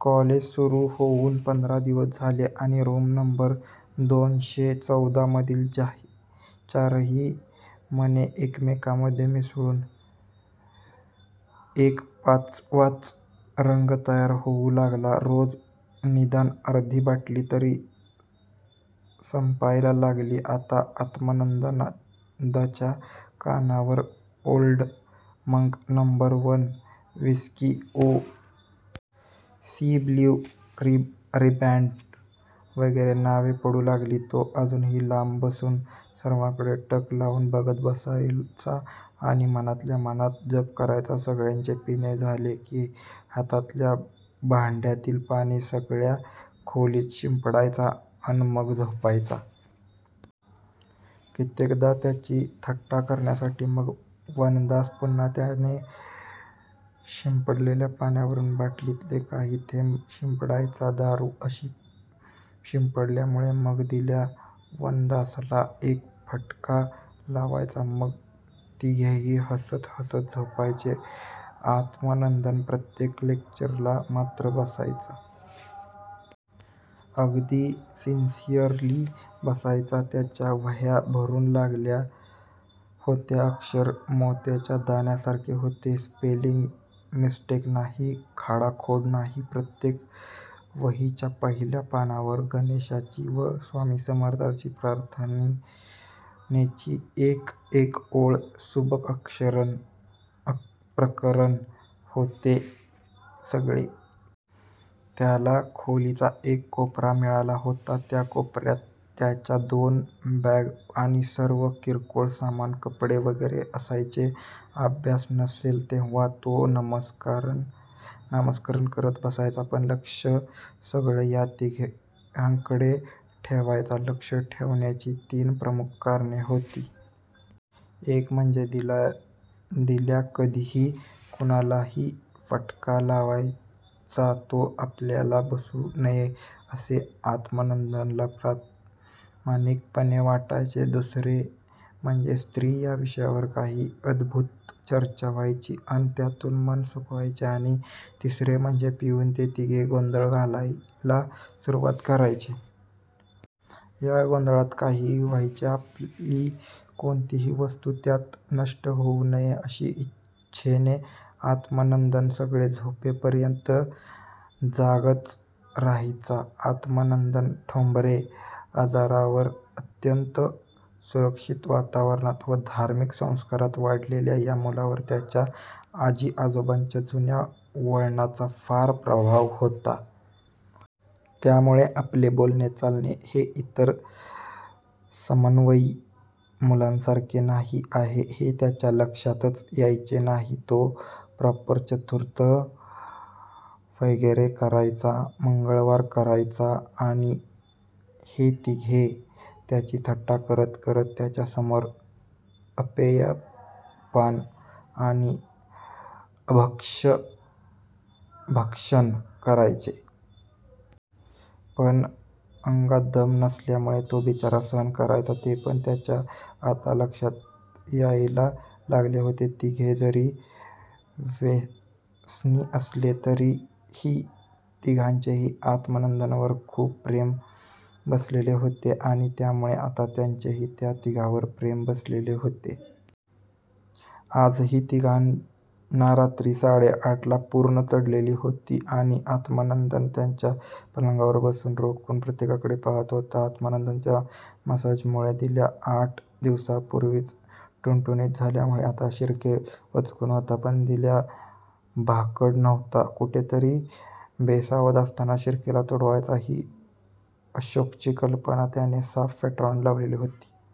College सुरू होऊन पंधरा दिवस झाले आणि रूम नंबर दोनशे चौदा मधील चारही मने एकमेकांमधे मिसळून एक पाचवाच रंग तयार होऊ लागला. रोज निदान अर्धी बाटली तरी संपायला लागली. आता आत्मानंदच्या कानावर Old Monk, number one whisky, O. C., Blue Riband वगैरे नावे पडू लागली. तो अजूनही लांब बसून सर्वांकडे टक लावून बघत बसायचा आणि मनातल्या मनात जप करायचा. सगळ्यांचे पिणे झाले की हातातल्या भांड्यातील पाणी सगळ्या खोलीत शिंपडायचा अन मगच झोपायचा. कित्येकदा त्याची थट्टा करण्यासाठी मग वनदास पुन्हा त्याने शिंपडलेल्या पाण्यावरून बाटलीतले काही थेंब शिंपडायचा. दारू अशी शिंपडल्यामुळे मग दिल्या वनदासला एक फटका लावायचा. मग तिघेही हसत हसत झोपायचे. आत्मानंद प्रत्येक लेक्चरला मात्र बसायचा. अगदी सिन्सियरली बसायचा. त्याच्या वह्या भरू लागल्या होत्या. अक्षर मोत्याच्या दाण्यांसारखे होते. स्पेलिंग मिसटेक नाही, खाडाखोड नाही. प्रत्येक वहीच्या पहिल्या पानावर गणेशाची व स्वामी समर्थांची प्रार्थनेची एक एक ओळ! सुबक प्रकरण होते सगळे! त्याला खोलीचा एक कोपरा मिळाला होता. त्या कोपर्यात त्याच्या दोन बॅगा आणि सर्व किरकोळ सामान, कपडे वगैरे असायचे. अभ्यास नसेल, तेव्हा तो नामस्मरण करत बसायचा. पण लक्ष सगळं या तिघांकडे ठेवायचा. लक्ष ठेवण्याची तीन प्रमुख कारणे होती. एक म्हणजे दिल्या कधीही कुणालाही फटका लावायचा. तो आपल्याला बसू नये असे आत्मानंदला प्रामाणिकपणे वाटायचे. दुसरे म्हणजे स्त्री या विषयावर काही अद्भुत चर्चा व्हायची अन त्यातून मन सुखवायचे. आणि तिसरे म्हणजे पिऊन ते तिघे गोंधळ घालायला सुरुवात करायचे. या गोंधळात काहीही व्हायचे. आपली कोणतीही वस्तू त्यात नष्ट होऊ नये अशी इच्छेने आत्मानंद सगळे झोपेपर्यंत जागाच राहायचा. आत्मानंद ठोंबरे! आजवर अत्यंत सुरक्षित वातावरणात व धार्मिक संस्कारात वाढलेल्या या मुलावर त्याच्या आजी आजोबांच्या जुन्या वळणाचा फार प्रभाव होता. त्यामुळे आपले बोलणे चालणे हे इतर समवयीन मुलांसारखे नाही आहे हे त्याच्या लक्षातच यायचे नाही. तो प्रॉपर चतुर्थी वगैरे करायचा. मंगळवार करायचा. आणि हे तिघे त्याची थट्टा करत करत त्याच्यासमोर अपेयपान आणि अभक्ष्यभक्षण करायचे. पण अंगात दम नसल्यामुळे तो बिचारा सहन करायचा ते! पण त्याच्या आता लक्षात यायला लागले होते. तिघे जरी व्यसनी असले तरीही तिघांचेही आत्मानंदवर खूप प्रेम बसलेले होते. आणि त्यामुळे आता त्याचेही त्या तिघांवर प्रेम बसलेले होते. आजही तिघांना रात्री साडे आठलाच पूर्ण चढलेली होती आणि आत्मानंद त्याच्या पलंगावर बसून रोखून प्रत्येकाकडे पाहात होता. आत्मानंदच्या मसाजमुळे दिल्या आठ दिवसांपुर्वीच टुणटुणीत झाल्यामुळे आता शिर्के वचकून होता. पण दिल्या भाकड नव्हता. कुठेतरी बेसावध असताना शिर्केला तुडवायचा ही अशोकची कल्पना त्याने साफ फेटाळून लावलेली होती.